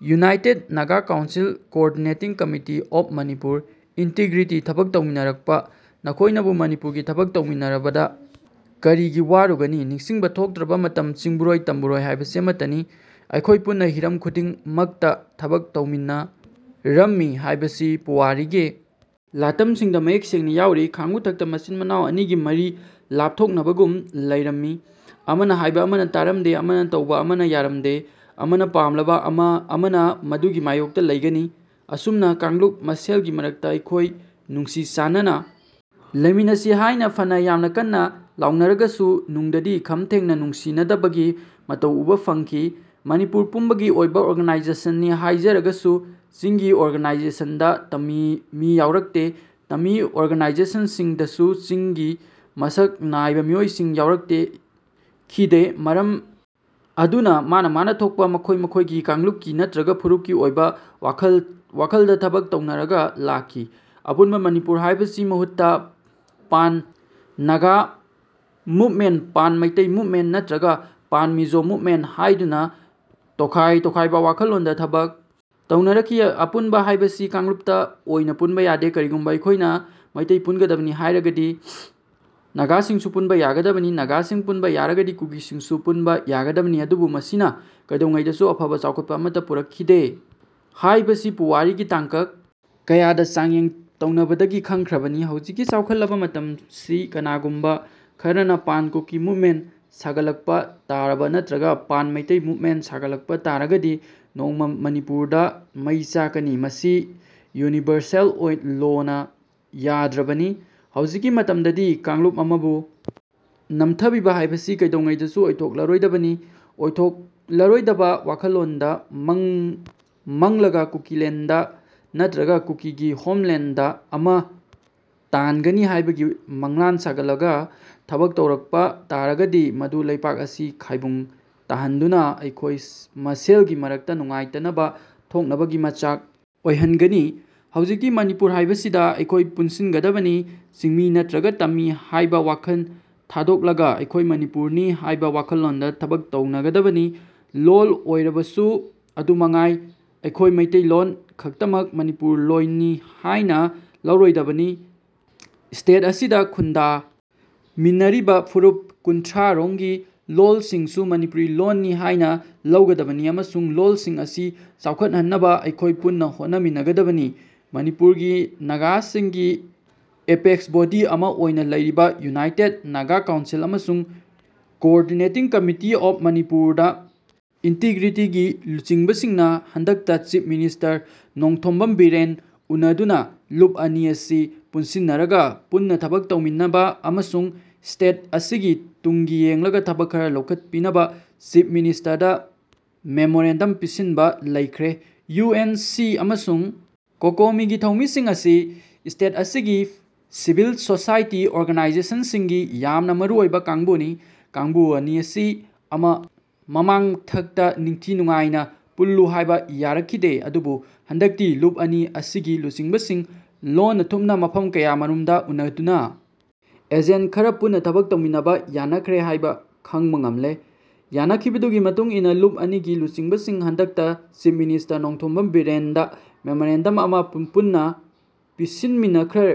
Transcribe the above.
United Naga council, coordinating committee on Manipur integrity ꯊꯕꯛ ꯇꯧꯃꯤꯟꯅꯔꯛꯄ ꯅꯈꯣꯏꯅꯕꯨ ꯃꯅꯤꯄꯨꯔꯒꯤ ꯊꯕꯛ ꯇꯧꯃꯤꯟꯅꯔꯕꯗ ꯀꯔꯤꯒꯤ ꯋꯥꯔꯨꯒꯅꯤ ꯅꯤꯡꯁꯤꯡꯕ ꯊꯣꯛꯇ꯭ꯔꯕ ꯃꯇꯝꯗ ꯆꯤꯡꯕꯨꯔꯣꯏ ꯇꯝꯕꯨꯔꯣꯏ ꯍꯥꯏꯕꯁꯤ ꯑꯃꯠꯇꯅꯤ꯫ ꯑꯩꯈꯣꯏ ꯄꯨꯟꯅ ꯍꯤꯔꯝ ꯈꯨꯗꯤꯡ ꯃꯛꯇ ꯊꯕꯛ ꯇꯧꯃꯤꯟꯅ ꯔꯝꯃꯤ ꯍꯥꯏꯕꯁꯤ ꯄꯨꯋꯥꯔꯤꯒꯤ ꯂꯥꯇꯝꯁꯤꯡꯗ ꯃꯌꯦꯛ ꯁꯦꯡꯅ ꯌꯥꯎꯔꯤ꯫ ꯈꯥꯡꯉꯨꯊꯛꯇ ꯃꯆꯤꯟ-ꯃꯅꯥꯎ ꯑꯅꯤꯒꯤ ꯃꯔꯤ ꯂꯥꯞꯊꯣꯛ ꯅꯕꯒꯨꯝꯕ ꯂꯩꯔꯝ ꯃꯤ꯫ ꯑꯃꯅ ꯍꯥꯏꯕ ꯑꯃꯅ ꯇꯥꯔꯝꯗꯦ, ꯑꯃꯅ ꯇꯧꯕ ꯑꯃꯅ ꯌꯥꯔꯝꯗꯦ, ꯑꯃꯅ ꯄꯥꯝꯂꯕ ꯑꯃꯅ ꯃꯗꯨꯒꯤ ꯃꯥꯌꯣꯛꯇ ꯂꯩꯒꯅꯤ꯫ ꯑꯁꯨꯝꯅ ꯀꯥꯡꯂꯨꯞ ꯃꯁꯦꯜꯒꯤ ꯃꯔꯛꯇ ꯑꯩꯈꯣꯏ ꯅꯨꯡꯁꯤ ꯆꯥꯟꯅ ꯂꯩꯃꯤꯟꯅꯁꯤ ꯍꯥꯏꯅ ꯐꯅ ꯌꯥꯃꯅ ꯀꯟꯅ ꯂꯥꯎꯅꯔꯒꯁꯨ ꯅꯨꯡꯗꯗꯤ ꯈꯝ ꯊꯦꯡꯅ ꯅꯨꯡꯁꯤꯅꯗꯕꯒꯤ ꯃꯇꯧ ꯎꯕ ꯐꯪꯈꯤ꯫ ꯃꯅꯤꯄꯨꯔ ꯄꯨꯝꯕꯒꯤ ꯑꯣꯏꯕ ꯑꯣꯔꯒꯅꯥꯏꯖꯦꯁꯟꯅꯤ ꯍꯥꯏꯖꯔꯒꯁꯨ ꯆꯤꯡꯒꯤ ꯑꯣꯔꯒꯅꯥꯏꯖꯦꯁꯟꯗ ꯇꯝꯒꯤ ꯃꯤ ꯌꯥꯎꯔꯛꯇꯦ꯫ ꯇꯝꯒꯤ ꯑꯣꯔꯒꯅꯥꯏꯖꯦꯁꯟꯁꯤꯡ ꯗꯁꯨ ꯆꯤꯡꯒꯤ ꯃꯁꯛ ꯅꯥꯏꯕ ꯃꯤꯑꯣꯏꯁꯤꯡ ꯌꯥꯎꯔꯛꯇꯦ ꯈꯤꯗꯦ꯫ ꯃꯔꯝ ꯑꯗꯨꯅ ꯃꯥꯅꯥ ꯃꯥꯅꯥ ꯊꯣꯛꯄ ꯃꯈꯣꯏ ꯃꯈꯣꯏꯒꯤ ꯀꯥꯡꯂꯨꯞꯀꯤ ꯅꯠꯇ꯭ꯔꯒ ꯐꯨꯔꯨꯞꯀꯤ ꯑꯣꯏꯕ ꯋꯥꯈꯜ ꯋꯥꯈꯜꯗ ꯊꯕꯛ ꯇꯧꯅꯔꯒ ꯂꯥꯛꯈꯤ꯫ ꯑꯄꯨꯟꯕ ꯃꯅꯤꯄꯨꯔ ꯍꯥꯏꯕꯁꯤ ꯃꯍꯨꯠꯇ pan Naga movement, pan Meitei movement ꯅꯠꯇ꯭ꯔꯒ ꯄꯥꯟ ꯃꯤꯖꯣ ꯃꯨꯚꯃꯦꯟꯠ ꯍꯥꯏꯗꯨꯅ ꯇꯣꯈꯥꯏ ꯇꯣꯈꯥꯏꯕ ꯋꯥꯈꯜꯂꯣꯟꯗ ꯊꯕꯛ ꯇꯧꯅꯔꯛꯈꯤ꯫ ꯑꯄꯨꯟꯕ ꯍꯥꯏꯕꯁꯤ ꯀꯥꯡꯂꯨꯞꯇ ꯑꯣꯏꯅ ꯄꯨꯟꯕ ꯌꯥꯗꯦ꯫ ꯀꯔꯤꯒꯨꯝꯕ ꯑꯩꯈꯣꯏꯅ ꯃꯩꯇꯩ ꯄꯨꯟꯒꯗꯕꯅꯤ ꯍꯥꯏꯔꯒꯗꯤ ꯅꯥꯒꯥꯁꯤꯡꯁꯨ ꯄꯨꯟꯕ ꯌꯥꯒꯗꯕꯅꯤ꯫ ꯅꯥꯒꯥꯁꯤꯡ ꯄꯨꯟꯕ ꯌꯥꯔꯒꯗꯤ ꯀꯨꯀꯤꯁꯤꯡꯁꯨ ꯄꯨꯟꯕ ꯌꯥꯒꯗꯕꯅꯤ꯫ ꯑꯗꯨꯕꯨ ꯃꯁꯤꯅ ꯀꯩꯗꯧꯉꯩꯗꯁꯨ ꯑꯐꯕ, ꯆꯥꯎꯈꯠꯄ ꯑꯃꯠꯇ ꯄꯨꯔꯛ ꯈꯤꯗꯦ ꯍꯥꯏꯕꯁꯤ ꯄꯨꯋꯥꯔꯤꯒꯤ ꯇꯥꯡꯀꯛ ꯀꯌꯥꯗ ꯆꯥꯡꯌꯦꯡ ꯇꯧꯅꯕꯗꯒꯤ ꯈꯪꯈ꯭ꯔꯕꯅꯤ꯫ ꯍꯧꯖꯤꯛꯀꯤ ꯆꯥꯎꯈꯠꯂꯕ ꯃꯇꯝꯁꯤ ꯀꯅꯥꯒꯨꯃꯕ ꯈꯔꯅ ꯄꯥꯟ ꯀꯨꯀꯤ ꯃꯨꯚꯃꯦꯟꯠ ꯁꯥꯒꯠ ꯂꯛꯄ ꯇꯥꯔꯕ ꯅꯠꯇ꯭ꯔꯒ ꯄꯥꯟ ꯃꯩꯇꯩ ꯃꯨꯚꯃꯦꯟꯠ ꯁꯥꯒꯠꯂꯛꯄ ꯇꯥꯔꯒꯗꯤ ꯅꯣꯡꯃꯥ ꯃꯅꯤꯄꯨꯔꯗ ꯃꯩ ꯆꯥꯛꯀꯅꯤ꯫ ꯃꯁꯤ ꯌꯨꯅꯤꯚꯔꯁꯦꯜ ꯂꯣꯅ ꯌꯥꯗ꯭ꯔꯕꯅꯤ꯫ ꯍꯧꯖꯤꯛꯀꯤ ꯃꯇꯝꯗꯗꯤ ꯀꯥꯡꯂꯨꯞ ꯑꯃꯕꯨ ꯅꯝꯊꯕꯤꯕ ꯍꯥꯏꯕꯁꯤ ꯀꯩꯗꯧꯉꯩꯗꯁꯨ ꯑꯣꯏꯊꯣꯛ ꯂꯔꯣꯏꯗꯕꯅꯤ꯫ ꯑꯣꯏꯊꯣꯛ ꯂꯔꯣꯏꯗꯕ ꯋꯥꯈꯜꯂꯣꯟꯗ ꯃꯪ ꯃꯪꯂꯒ ꯀꯨꯀꯤꯂꯦꯟꯗ ꯅꯠꯇ꯭ꯒ ꯀꯨꯀꯤꯒꯤ ꯍꯣꯝꯂꯦꯟꯗ ꯑꯃ ꯇꯥꯟꯒꯅꯤ ꯍꯥꯏꯕꯒꯤ ꯃꯪꯂꯥꯟ ꯁꯥꯒꯠꯂꯒ ꯊꯕꯛ ꯇꯧꯔꯛꯄ ꯇꯥꯔꯒꯗꯤ ꯃꯗꯨꯅ ꯂꯩꯕꯥꯛ ꯑꯁꯤ ꯈꯥꯏꯕꯨꯡ ꯇꯥꯍꯟꯗꯨꯅ ꯑꯩꯈꯣꯏ ꯃꯁꯦꯜꯒꯤ ꯃꯔꯛꯇ ꯅꯨꯡꯉꯥꯏꯇꯅꯕ ꯊꯣꯛꯅꯕꯒꯤ ꯃꯆꯥꯛ ꯑꯣꯏꯍꯟꯒꯅꯤ꯫ ꯍꯧꯖꯤꯛꯇꯤ ꯃꯅꯤꯄꯨꯔ ꯍꯥꯏꯕꯁꯤꯗ ꯑꯩꯈꯣꯏ ꯄꯨꯟ ꯁꯤꯟꯒꯗꯕꯅꯤ꯫ ꯆꯤꯡꯃꯤ ꯅꯠꯇ꯭ꯔꯒ ꯇꯝꯃꯤ ꯍꯥꯏꯕ ꯋꯥꯈꯜ ꯊꯥꯗꯣꯛꯂꯒ ꯑꯩꯈꯣꯏ ꯃꯅꯤꯄꯨꯔꯤꯅꯤ ꯍꯥꯏꯕ ꯋꯥꯈꯜꯂꯣꯟꯗ ꯊꯕꯛ ꯇꯧꯅꯒꯗꯕꯅꯤ꯫ ꯂꯣꯜ ꯑꯣꯏꯔꯕꯁꯨ ꯑꯗꯨ ꯃꯉꯥꯏ꯫ ꯑꯩꯈꯣꯏ ꯃꯩꯇꯩꯂꯣꯜ ꯈꯛꯇꯃꯛ ꯃꯅꯤꯄꯨꯔꯤ ꯂꯣꯜꯅꯤ ꯍꯥꯏꯅ ꯂꯧꯔꯣꯏꯗꯕꯅꯤ꯫ ꯏꯁꯇꯦꯠ ꯑꯁꯤꯗ ꯈꯨꯟꯗꯥ ꯃꯤꯟꯅꯔꯤꯕ ꯐꯨꯔꯨꯞ ꯀꯨꯟꯊ꯭ꯔ ꯔꯣꯝꯒꯤ ꯂꯣꯜꯁꯤꯡꯁꯨ ꯃꯅꯤꯄꯨꯔꯤ ꯂꯣꯜꯁꯤꯅꯤ ꯍꯥꯏꯅ ꯂꯧꯒꯗꯕꯅꯤ ꯑꯃꯁꯨꯡ ꯂꯣꯜꯁꯤꯡ ꯑꯁꯤ ꯆꯥꯎꯈꯠꯍꯟꯅꯕ ꯑꯩꯈꯣꯏ ꯄꯨꯟꯅ ꯍꯣꯠꯅ ꯃꯤꯟꯅ ꯒꯗꯕꯅꯤ꯫ ꯃꯅꯤꯄꯨꯔꯒꯤ ꯅꯥꯒꯥꯁꯤꯡꯒꯤ ꯑꯦꯄꯦꯛꯁ ꯕꯣꯗꯤ ꯑꯃ ꯑꯣꯏꯅ ꯂꯩꯔꯤꯕ ꯌꯨꯅꯥꯏꯇꯦꯗ ꯅꯥꯒꯥ ꯀꯥꯎꯟꯁꯤꯜ ꯑꯃꯁꯨꯡ ꯀꯣꯑꯣꯔꯗꯤꯅꯦꯇꯤꯡ ꯀꯝꯃꯤꯇꯤ ꯑꯣꯟ ꯃꯅꯤꯄꯨꯔꯗ ꯏꯟꯇꯤꯒꯔꯤꯇꯤ ꯒꯤ ꯂꯨꯆꯤꯡꯕꯁꯤꯡꯅ ꯍꯟꯗꯛꯇ ꯆꯤꯐ ꯃꯤꯅꯤꯁꯇꯔ ꯅꯣꯡꯊꯣꯝꯕꯝ ꯕꯤꯔꯦꯟꯅ ꯎꯟꯅꯗꯨꯅ ꯂꯨꯞ ꯑꯅꯤ ꯑꯁꯤ ꯄꯨꯟꯁꯤꯟꯅꯔꯒ ꯄꯨꯟꯅ ꯊꯕꯛ ꯇꯧꯃꯤꯟꯅꯕ ꯑꯃꯁꯨꯡ ꯏꯁꯇꯦꯠ ꯑꯁꯤꯒꯤ ꯇꯨꯡꯒꯤ ꯌꯦꯡꯂꯒ ꯊꯕꯛ ꯈꯔ ꯂꯧꯈꯠꯄꯤꯅꯕ ꯆꯤꯐ ꯃꯤꯅꯤꯁꯇꯔꯗ ꯃꯦꯃꯣꯔꯦꯟꯗꯝ ꯄꯤꯁꯤꯟꯕ ꯂꯩꯈ꯭ꯔꯦ꯫ ꯌꯨ ꯑꯦꯟ ꯁꯤ ꯑꯃꯁꯨꯡ ꯀꯣꯀꯣꯃꯤꯒꯤ ꯊꯧꯃꯤꯁꯤꯡ ꯑꯁꯤ ꯏꯁꯇꯦꯠ ꯑꯁꯤꯒꯤ ꯁꯤꯚꯤꯜ ꯁꯣꯁꯥꯏꯇꯤ ꯑꯣꯔꯒꯅꯥꯏꯖꯦꯁꯟꯁꯤꯡꯒꯤ ꯌꯥꯃꯅ ꯃꯔꯨ ꯑꯣꯏꯕ ꯀꯥꯡꯕꯨꯅꯤ꯫ ꯀꯥꯡꯕꯨ ꯑꯅꯤ ꯑꯁꯤ ꯃꯃꯥꯡꯊꯛꯇ ꯅꯤꯡꯊꯤ ꯅꯨꯡꯉꯥꯏꯅ ꯄꯨꯜꯂꯨ ꯍꯥꯏꯕ ꯌꯥꯔꯛ ꯈꯤꯗꯦ꯫ ꯑꯗꯨꯕꯨ ꯍꯟꯗꯛꯇꯤ ꯂꯨꯞ ꯑꯅꯤ ꯑꯁꯤꯒꯤ ꯂꯨꯆꯤꯡꯕꯁꯤꯡ ꯂꯣꯟꯅ-ꯊꯨꯞꯅ ꯃꯐꯝ ꯀꯌꯥ ꯃꯔꯨꯝꯗ ꯎꯟꯅꯗꯨꯅ ꯑꯦꯖꯦꯟꯗ ꯈꯔꯗ ꯄꯨꯟꯅ ꯊꯕꯛ ꯇꯧꯃꯤꯟꯅꯕ ꯌꯥꯅꯈ꯭ꯔꯦ ꯍꯥꯏꯕ ꯈꯪꯕ ꯉꯝꯂꯦ꯫ ꯌꯥꯟꯅ ꯈꯤꯕꯗꯨꯒꯤ ꯃꯇꯨꯡ ꯏꯟꯅ ꯂꯨꯞ ꯑꯅꯤꯒꯤ ꯂꯨꯆꯤꯡꯕꯁꯤꯡ ꯍꯟꯗꯛꯇ ꯆꯤꯐ ꯃꯤꯅꯤꯁꯇꯔ ꯅꯣꯡꯊꯣꯝꯕꯝ ꯕꯤꯔꯦꯟꯗ ꯃꯦꯃꯣꯔꯦꯟꯗꯝ ꯑꯃ ꯄꯨꯟꯅ ꯄꯤꯁꯤꯟ ꯃꯤꯟꯅꯈ꯭ꯔꯦ꯫